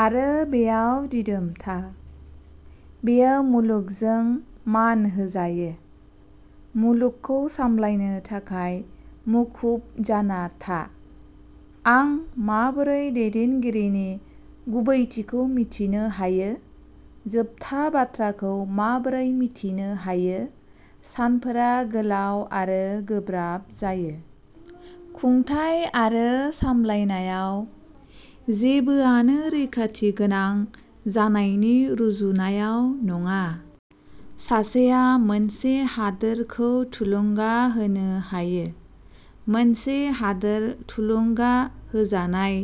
आरो बेयाव दिदोम था। बेयो मुलुगजों मान होजायो। मुलुगखौ सामलायनो थाखाय मुखुब जाना था। आं माबोरै दैदेनगिरिनि गुबैथिखौ मिथिनो हायो? जोबथा बाथ्राखौ माबोरै मिथिनो हायो? सानफोरा गोलाव आरो गोब्राब जायो। खुंथाय आरो सामलायनायाव, जेबोआनो रैखाथिगोनां जानायनि रुजुनायाव नङा। सासेया मोनसे हादोरखौ थुलुंगा होनो हायो। मोनसे हादोर थुलुंगा होजानाय,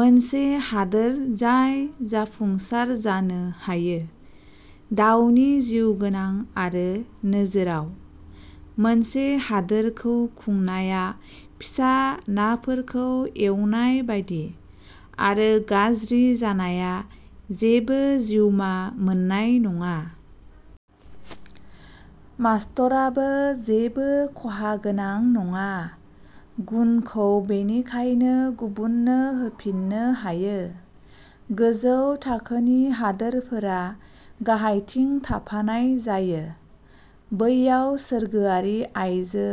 मोनसे हादोर जाय जाफुंसार जानो हायो। दावनि जिउगोनां आरो नोजोरआव। मोनसे हादोरखौ खुंनाया फिसा नाफोरखौ एवनाय बायदि। आरो गाज्रि जानाया जेबो जिउमा मोन्नाय नङा। मास्तराबो जेबो खहागोनां नङा। गुनखौ बेनिखायनो गुबुननो होफिननो हायो। गोजौ थाखोनि हादोरफोरा गाहायथिं थाफानाय जायो। बैयाव सोरगोआरि आइजो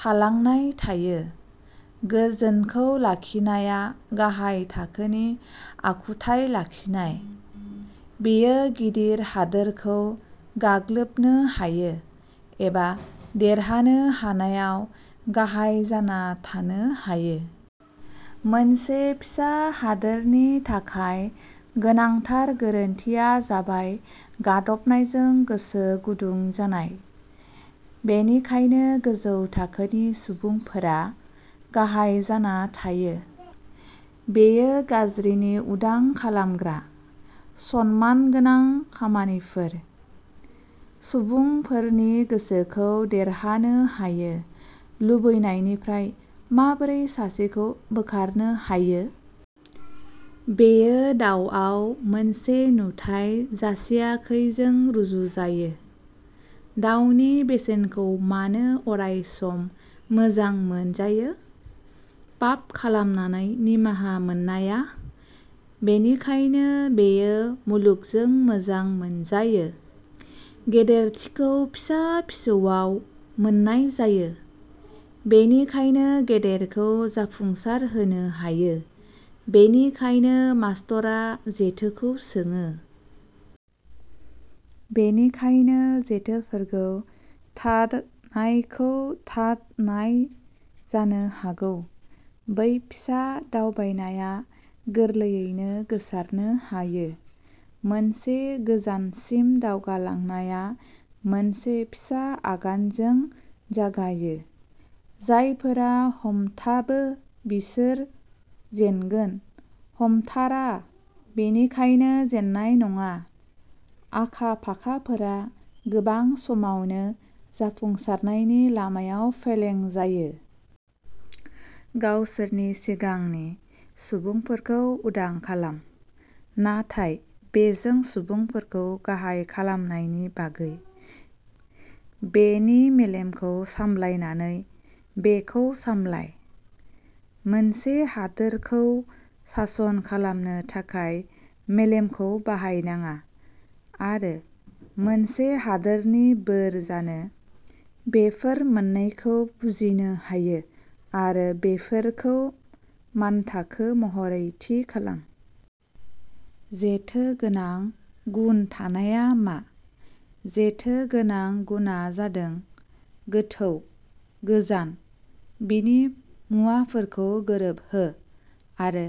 थालांनाय थायो। गोजोनखौ लाखिनाया गाहाय थाखोनि आखुथाय लाखिनाय। बेयो गिदिर हादोरखौ गाग्लोबनो हायो। एबा देरहानो हानायाव गाहाय जाना थानो हायो। मोनसे फिसा हादोरनि थाखाय गोनांथार गोरोन्थिआ जाबाय गादबनायजों गोसो गुदुं जानाय। बेनिखायनो गोजौ थाखोनि सुबुंफोरा गाहाय जाना थायो। बेयो गाज्रिनि उदां खालामग्रा। सनमानगोनां खामानिफोर। सुबुंफोरनि गोसोखौ देरहानो हायो। लुबैनायनिफ्राय माबोरै सासेखौ बोखारनो हायो? बेयो दावआव मोनसे नुथाय जासियाखैजों रुजुजायो। दावनि बेसेनखौ मानो अरायसम मोजां मोनजायो? पाप खालामनानै निमाहा मोननाया? बेनिखायनो बेयो मुलुगजों मोजां मोनजायो। गेदेरथिखौ फिसा-फिसौआव मोन्नाय जायो। बेनिखायनो गेदेरखौ जाफुंसारहोनो हायो। बेनिखायनो मास्तरआ जेथोखौ सोङो। बेनिखायनो जेथोफोरखौ थाद "नायखौ थाद" नाय जानो हागौ। बै फिसा दावबायनाया गोरलैयैनो गोसारनो हायो। मोनसे गोजानसिम दावगालांनाया मोनसे फिसा आगानजों जागायो। जायफोरा हमथाबो बिसोर जेनगोन। हमथारा, बेनिखायनो जेननाय नङा। आखा-फाखाफोरा गोबां समावनो जाफुंसारनायनि लामायाव फेलें जायो। गावसोरनि सिगांनि सुबुंफोरखौ उदां खालाम। नाथाय बेजों सुबुंफोरखौ गाहाय खालामनायनि बागै। बेनि मेलेमखौ सामलायनानै बेखौ सामलाय। मोनसे हादोरखौ सासन खालामनो थाखाय मेलेमखौ बाहायनाङा, आरो मोनसे हादोरनि बोर जानो। बेफोर मोननैखौ बुजिनो हायो, आरो बेफोरखौ मानथाखो महरै थि खालाम। जेथो गोनां गुन थानायआ मा। जेथो गोनां गुनआ जादों। गोथौ! गोजान! बिनि मुवाफोरखौ गोरोबहो! आरो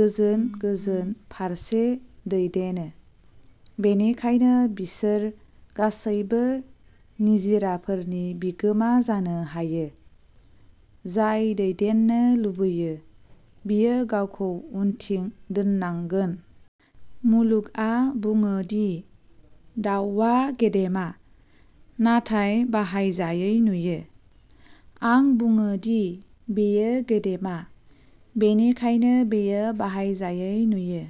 गोजोन गोजोन फारसे दैदेनो। बेनिखायनो बिसोर गासैबो निजिराफोरनि बिगोमा जानो हायो। जाय दैदेननो लुबैयो, बियो गावखौ उनथिं दोननांगोन। मुलुगआ बुङो दि दावआ गेदेमा, नाथाय बाहायजायै नुयो। आं बुङो दि बेयो गेदेमा, बेनिखायनो बेयो बाहायजायै नुयो।